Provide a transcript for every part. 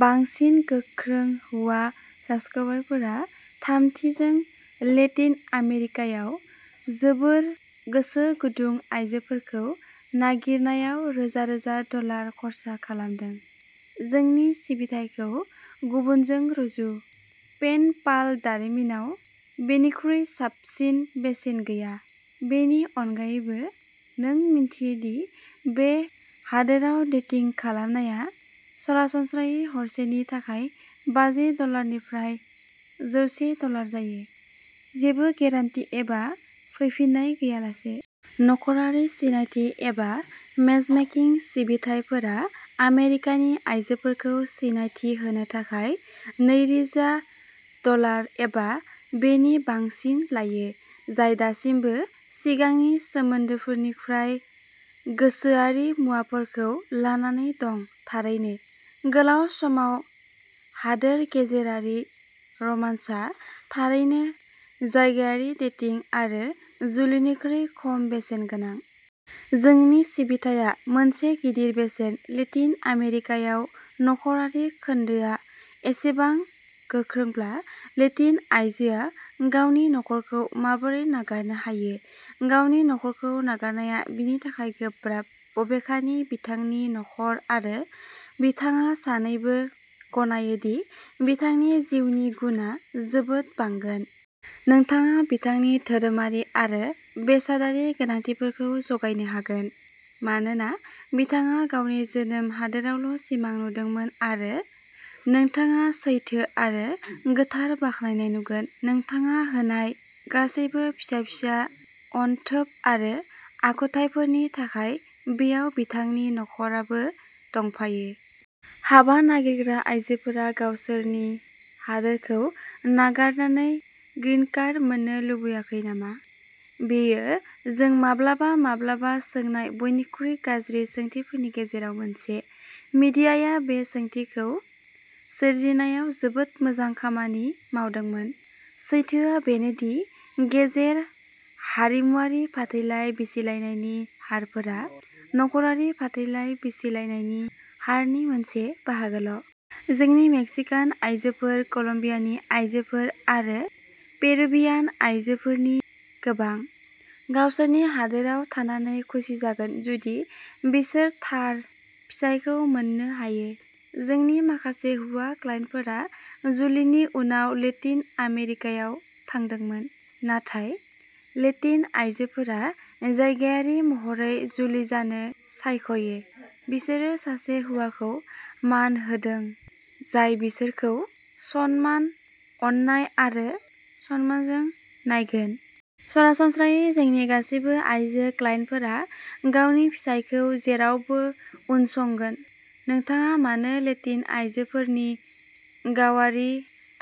बांसिन गोख्रों हौवा साब्सक्राइबारफोरा। थामथि, जों लेटिन आमेरिकायाव जोबोर गोसो गुदुं आयजोफोरखौ नागिरनायाव रोजा रोजा डलार खर्सा खालामदों। जोंनि सिबिथायखौ गुबुनजों रुजु। पेन पाल' दारिमिनाव बेनिख्रुइ साबसिन बेसेन गैया। बेनि अनगायैबो, नों मिन्थियो दि बे हादोराव डेटिं खालामनाया सरासनस्रायै हरसेनि थाखाय बाजि डलार निफ्राइ जौसे डलार जायो, जेबो गेरेन्टि एबा फैफिन्नाय गैयालासे। न'खरारि सिनायथि एबा मेचमेकिं सिबिथाइफोरा आमेरिकानि आयजोफोरखौ सिनायथि होनो थाखाय नैरोजा डलार एबा बेनि बांसिन लायो, जाय दासिमबो सिगांनि सोमोन्दोफोरनिफ्राय गोसोआरि मुवाफोरखौ लानानै दं। थारैनो, गोलाव समाव हादोर गेजेरारि रमान्सआ थारैनो जायगायारि डेटिं आरो जुलिनिख्रुइ खम बेसेन गोनां। जोंनि सिबिथाया मोनसे गिदिर बेसेन, लेटिन आमेरिकायाव न'खरारि खोन्दोआ एसेबां गोख्रोंब्ला, लेटिन आयजोआ गावनि न'खरखौ माबोरै नागारनो हायो? गावनि न'खरखौ नागारनाया बिनि थाखाय गोब्राब। बबेखानि, बिथांनि न'खर आरो बिथाङा सानैबो गनायो दि बिथांनि जिउनि गुनआ जोबोद बांगोन। नोंथाङा बिथांनि धोरोमारि आरो बेसादारि गोनांथिफोरखौ जगायनो हागोन, मानोना बिथाङा गावनि जोनोम हादोरावल' सिमां नुदोंमोन। आरो नोंथाङा सैथो आरो गोथार बाख्नायनाय नुगोन। नोंथाङा होनाय गासैबो फिसा-फिसा अनथोब आरो आखुफोरनि थाखाय-बेयाव बिथांनि न'खराबो दंफायो। हाबा नागिरग्रा आइजोफोरा गावसोरनि हादोरखौ नागारनानै 'ग्रिनकार्ड' मोन्नो लुगैखै नामा? बेयो जों माब्लाबा-माब्लाबा सोंनाय बयनिख्रुइ गाज्रि सोंथिफोरनि गेजेराव मोनसे। मिडियाया बे सोंथिखौ सोरजिनायाव जोबोद मोजां खामानि मावदोंमोन। सैथोआ बेनो दि गेजेर हारिमुआरि फाथैलाइ बिसिनायनि हारफोरा न'खरारि फाथैलाइ बिसिनायनि हारनि मोनसे बाहागोल'। जोंनि मेक्सिकान आयजोफोर, कलम्बियानि आयजोफोर, आरो पेरुवियान आयजोफोरनि गोबां। गावसोरनि हादोराव थानानै खुसि जागोन जुदि बिसोर थार फिसायखौ मोननो हायो। जोंनि माखासे हौवा क्लाइन्टफोरा जुलिनि उनाव लेटिन आमेरिकायाव थांदोंमोन! नाथाय, मानोना लेटिन आइजोफोरा जायगायारि महरै जुलि जानो सायख'यो, बिसोरो सासे हौवाखौ मान होदों जाय बिसोरखौ सनमान, अननाय आरो सनमानजों नायगोन। सरासनस्रायै जोंनि गासैबो आइजो क्लाइन्टफोरा गावनि फिसायखौ जेरावबो उनसंगोन, नोंथाङा मानो लेटिन आइजोफोरनि गावारि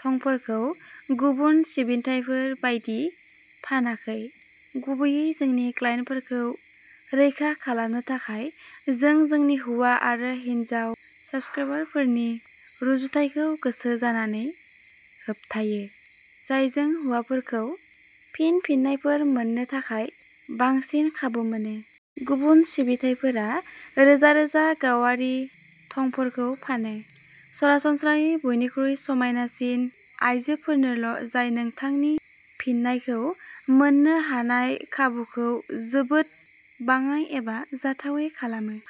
थंफोरखौ गुबुन सिबिथाइफोर बायदि फानाखै? गुबैयै जोंनि क्लाइन्टफोरखौ रैखा खालामनो थाखाय। जों जोंनि हौवा आरो हिनजाव साबस्क्राइबारफोरनि रुजुथायखौ गोसो जानानै होबथायो, जायजों हौवाफोरखौ फिन फिननायफोर मोन्नो थाखाय बांसिन खाबु मोनो। गुबुन सिबिथाइफोरा रोजा रोजा गावारि थंफोरखौ फानो। सरासनस्रायै बयनिख्रुइबो समायनासिन आइजोफोरनोल', जाय नोंथांनि फिननायखौ मोन्नो हानाय खाबुखौ जोबोद बाङाइ एबा जाथावै खालामो।